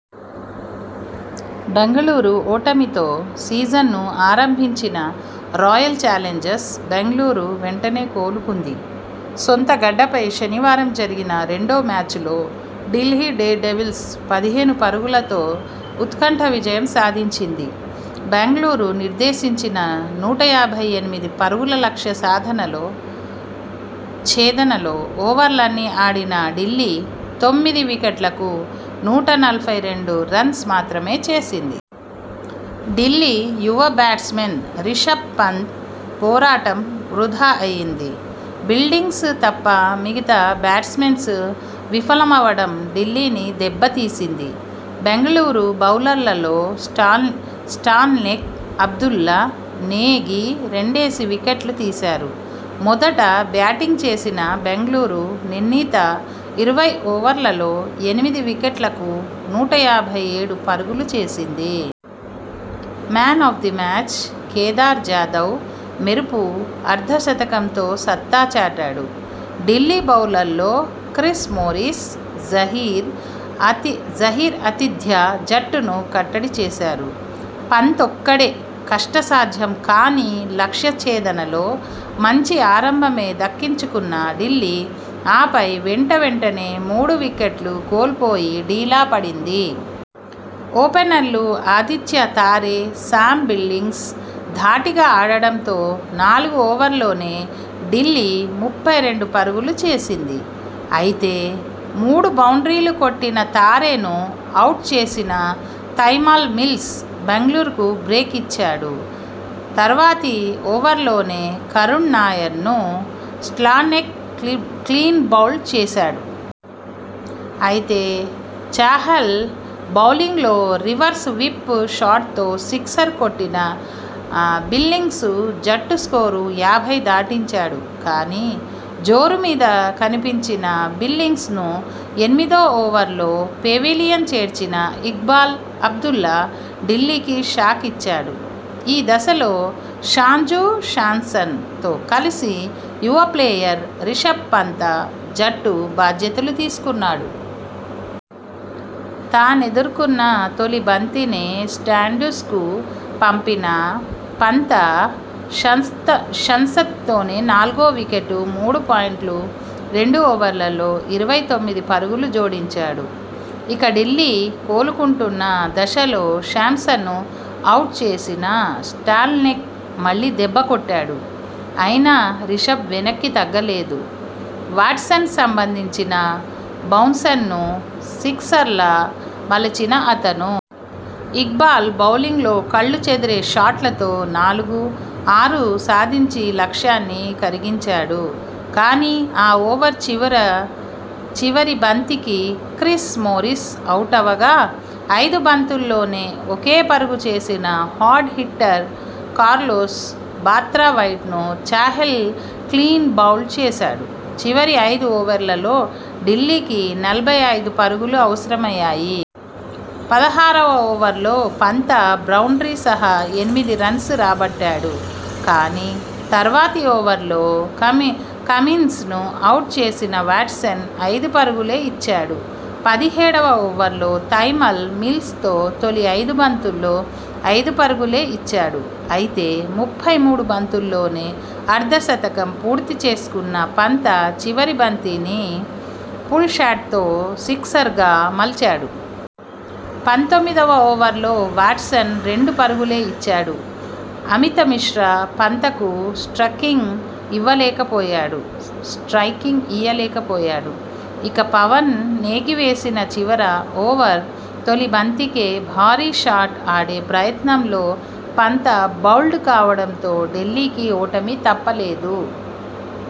బెంగళూరు ఓటమితో సీజన్ను ఆరంభించిన రాయల్ చాలెంజర్స్ బెంగళూరు వెంటనే కోలుకుంది. సొంతగడ్డపై శనివారం జరిగిన రెండో మ్యాచ్లో ఢిల్లీ డేర్ డెవిల్స్పై పదిహేను పరుగులతో ఉత్కంఠ విజయం సాధించింది. బెంగళూరు నిర్దేశించిన నూట యాభై ఎనిమిది పరుగుల లక్ష్య ఛేదనలో ఓవర్లన్నీ ఆడిన ఢిల్లీ తొమ్మిది వికెట్లకు నూట నలభై రెండు రన్స్ మాత్రమే చేసింది. ఢిల్లీ యువ బ్యాట్స్మన్ రిషభ్ పంత పోరాటం వృథా అయింది. బిల్లింగ్స్ తప్ప మిగతా బ్యాట్స్మెన్ విఫలమవడం ఢిల్లీని దెబ్బ తీసింది. బెంగళూరు బౌలర్లలో స్టాన్లేక్, అబ్దుల్లా, నేగి రెండేసి వికెట్లు తీశారు. మొదట బ్యాటింగ్ చేసిన బెంగళూరు నిర్ణీత ఇరవై ఓవర్లలో ఎనిమిది వికెట్లకు నూట యాభై ఏడు పరుగులు చేసింది. 'Man of the match' Kedar Jadhav మెరుపు అర్ధ శతకంతో సత్తా చాటాడు. ఢిల్లీ బౌలర్లలో క్రిస్ మోరిస్, జహీర్ ఆతిథ్య జట్టును కట్టడి చేశారు. పంత్ ఒక్కడే.. కష్టసాధ్యం కాని లక్ష్య ఛేదనలో మంచి ఆరంభమే దక్కించుకున్న ఢిల్లీ ఆపై వెంటవెంటనే మూడు వికెట్లు కోల్పోయి డీలా పడింది. ఓపెనర్లు ఆదిత్య తారె, సామ్ బిల్లింగ్స్ ధాటిగా ఆడడంతో నాలుగు ఓవర్లలోనే ఢిల్లీ ముప్పై రెండు పరుగులు చేసింది. అయితే, మూడు బౌండ్రీలు కొట్టిన తారెను అవుట్ చేసిన తైమల్ మిల్స్ బెంగళూరుకు బ్రేక్ ఇచ్చాడు. తర్వాతి ఓవర్లోనే కరుణ్ నాయర్ ను స్టాన్లేక్ క్లీన్బౌల్డ్ చేశాడు. అయితే.. చాహల్ బౌలింగ్లో రివర్స్ విప్ షాట్తో సిక్సర్ కొట్టిన బిల్లింగ్స్ జట్టు స్కోరు యాభై దాటించాడు. కానీ.. జోరు మీద కనిపించిన బిల్లింగ్ను ఎనిమిదో ఓవర్లో పెవిలియన్ చేర్చిన ఇక్బాల్ అబ్దుల్లా ఢిల్లీకి షాకిచ్చాడు. ఈ దశలో శాంజూ శాంసన్ తో కలిసి యువ ప్లేయర్ రిషభ్ పంత జట్టు బాధ్యతలు తీసుకున్నాడు. తానెదుర్కొన్న తొలి బంతినే స్టాండ్స్కు పంపిన పంత శాంసన్తో నాలుగో వికెట్కు మూడు పాయింట్ రెండు ఓవర్లలో ఇరవై తొమ్మిది పరుగులు జోడించాడు. ఇక ఢిల్లీ కోలుకుంటున్న దశలో శాంసన్ను అవుట్ చేసిన స్టాన్లేక్ మళ్లీ దెబ్బకొట్టాడు. అయినా రిషభ్ వెనక్కితగ్గలేదు. వాట్సన్ సంధించిన బౌన్సన్ను సిక్సర్గా మలచిన అతను.. ఇక్బాల్ బౌలింగ్లో కళ్లు చెదిరే షాట్లతో నాలుగు, ఆరు సాధించి లక్ష్యాన్ని కరిగించాడు. కానీ, ఆ ఓవర్ చివరి బంతికి క్రిస్ మోరిస్ అవుటవగా.. ఐదు బంతుల్లో ఒకే పరుగు చేసిన హార్డ్ హిట్టర్ కార్లోస్ బ్రాతవైట్ ను చాహల్ క్లీన్బౌల్డ్ చేశాడు. చివరి ఐదు ఓవర్లలో ఢిల్లీకి నలభై ఐదు పరుగులు అవసరమయ్యాయి. పదహారువ ఓవర్లో పంత బౌండ్రీ సహా ఎనిమిది రన్స్ రాబట్టాడు. కానీ, తర్వాతి ఓవర్లో కమిన్స్ ను అవుట్ చేసిన వాట్సన్ ఐదు పరుగులే ఇచ్చాడు. పదిహేడువ ఓవర్లో తైమల్ మిల్స్ తొలి ఐదు బంతుల్లో ఐదు పరుగులే ఇచ్చాడు. అయితే, ముప్పై మూడు బంతుల్లోనే అర్ధ శతకం పూర్తి చేసుకున్న పంత చివరి బంతిని పుల్షాట్తో సిక్సర్గా మలిచాడు. పంతొమ్మిదివ ఓవర్లో వాట్సన్ రెండు పరుగులే ఇచ్చాడు. అమిత మిశ్రా పంతకు స్ట్రయికింగ్ ఇవ్వలేకపోయాడు. ఇక, పవన్ నేగి వేసిన చివరి ఓవర్ తొలి బంతికే భారీషాట్ ఆడే ప్రయత్నంలో పంత బౌల్డ్ కావడంతో ఢిల్లీకి ఓటమి తప్పలేదు.